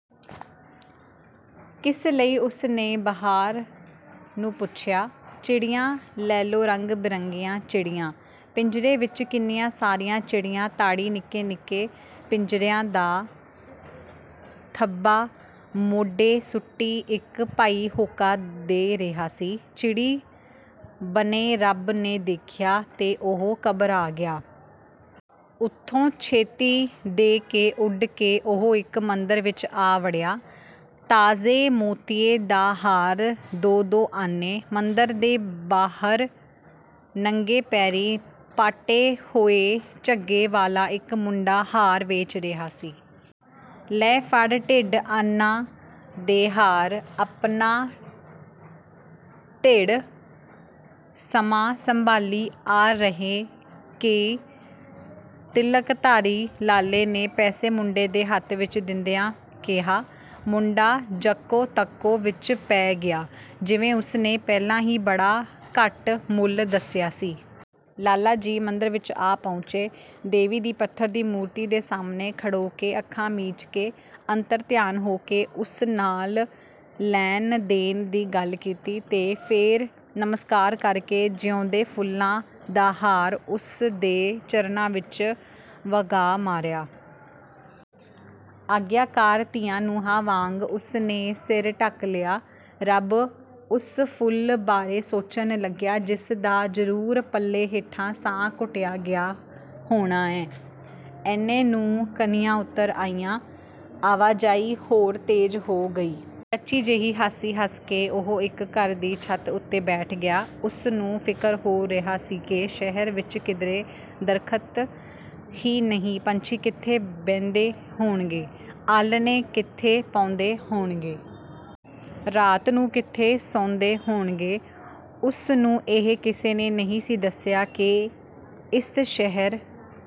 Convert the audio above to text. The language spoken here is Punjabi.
ਕਿਸ ਲਈ? '' ਉਸ ਨੇ ਬਹਾਰ ਨੂੰ ਪੁੱਛਿਆ। ''ਚਿੜੀਆਂ ਲੈ ਲੋ ਰੰਗ ਬਰੰਗੀਆਂ ਚਿੜੀਆਂ''! ਪਿੰਜਰੇ ਵਿੱਚ ਕਿੰਨੀਆਂ ਸਾਰੀਆਂ ਚਿੜੀਆਂ ਤਾੜੀ, ਨਿੱਕੇ-ਨਿੱਕੇ ਪਿੰਜਰਿਆਂ ਦਾ ਥੱਬਾ ਮੋਢੇ ਸੁੱਟੀ ਇੱਕ ਭਾਈ ਹੋਕਾ ਦੇ ਰਿਹਾ ਸੀ। ਚਿੜੀ ਬਣੇ ਰੱਬ ਨੇ ਦੇਖਿਆ ਤੇ ਉਹ ਘਬਰਾ ਗਿਆ। ਉਥੋਂ ਛੇਤੀ ਦੇ ਕੇ ਉਡ ਕੇ ਉਹ ਇੱਕ ਮੰਦਰ ਵਿੱਚ ਆ ਵੜਿਆ। ''ਤਾਜ਼ੇ ਮੋਤੀਏ ਦਾ ਹਾਰ ਦੋ ਦੋ ਆਨੇ"। ਮੰਦਰ ਦੇ ਬਾਹਰ ਨੰਗੇ ਪੈਰੀਂ ਪਾਟੇ ਹੋਏ ਝੱਗੇ ਵਾਲਾ ਇੱਕ ਮੁੰਡਾ ਹਾਰ ਵੇਚ ਰਿਹਾ ਸੀ। ''ਲੈ ਫੜ ਡੇਢ ਆਨਾ ਦੇ ਹਾਰ'' ਆਪਣਾ ਢਿੜ ਮਸਾਂ ਸੰਭਾਲੀਂ ਆ ਰਹੇ ਕਿ ਤਿਲਕਧਾਰੀ ਲਾਲੇ ਨੇ ਪੈਸੇ ਮੁੰਡੇ ਦੇ ਹੱਥ ਵਿੱਚ ਦਿੰਦਿਆਂ ਕਿਹਾ। ਮੁੰਡਾ-ਜੱਕੋ ਤੱਕੋ ਵਿੱਚ ਪੈ ਗਿਆ। ਜਿਵੇਂ ਉਸ ਨੇ ਪਹਿਲੇ ਹੀ ਬੜਾ ਘੱਟ ਮੁੱਲ ਦੱਸਿਆ ਸੀ। ਲਾਲਾ ਜੀ ਮੰਦਰ ਵਿੱਚ ਆ ਪਹੁੰਚੇ। ਦੇਵੀ ਦੀ ਪੱਥਰ ਦੀ ਮੂਰਤੀ ਦੇ ਸਾਹਮਣੇ ਖੜੋ ਕੇ, ਅੱਖਾਂ ਮੀਚ ਕੇ, ਅੰਤਰ ਧਿਆਨ ਹੋ ਕੇ ਉਸ ਨਾਲ ਲੈਣ-ਦੇਣ ਦੀ ਗੱਲ ਕੀਤੀ ਤੇ ਫਿਰ ਨਮਸਕਾਰ ਕਰਕੇ ਜਿਊਂਦੇ ਫੁੱਲਾਂ ਦਾ ਹਾਰ ਉਸ ਦੇ ਚਰਨਾਂ ਵਿੱਚ ਵਗਾਹ ਮਾਰਿਆ। ਆਗਿਆਕਾਰ ਧੀਆਂ-ਨੂੰਹਾਂ ਵਾਂਗ ਉਸ ਨੇ ਸਿਰ ਢੱਕ ਲਿਆ। ਰੱਬ ਉਸ ਫੁੱਲ ਬਾਰੇ ਸੋਚਣ ਲੱਗਿਆ ਜਿਸ ਦਾ ਜ਼ਰੂਰ ਪੱਲੇ ਹੇਠਾਂ ਸਾਹ ਘੁਟਿਆ ਗਿਆ ਹੋਣਾ ਏਂ। ਏਨੇ ਨੂੰ ਕਣੀਆਂ ਉਤਰ ਆਈਆਂ। ਆਵਾਜਾਈ ਹੋਰ ਤੇਜ਼ ਹੋ ਗਈ। ਕੱਚੀ ਜਿਹੀ ਹਾਸੀ ਹੱਸ ਕੇ ਉਹ ਇੱਕ ਘਰ ਦੀ ਛੱਤ ਉਤੇ ਬੈਠ ਗਿਆ। ਉਸ ਨੂੰ ਫਿਕਰ ਹੋ ਰਿਹਾ ਸੀ ਕਿ ਸ਼ਹਿਰ ਵਿੱਚ ਕਿਧਰੇ ਦਰੱਖਤ ਹੀ ਨਹੀਂ ਪੰਛੀ ਕਿੱਥੇ ਬਹਿੰਦੇ ਹੋਣਗੇ? ਆਲ੍ਹਣੇ ਕਿੱਥੇ ਪਾਉਂਦੇ ਹੋਣਗੇ? ਰਾਤ ਨੂੰ ਕਿੱਥੇ ਸੌਂਦੇ ਹੋਣਗੇ? ਉਸ ਨੂੰ ਇਹ ਕਿਸੇ ਨੇ ਨਹੀਂ ਸੀ ਦੱਸਿਆ ਕਿ ਇਸ ਸ਼ਹਿਰ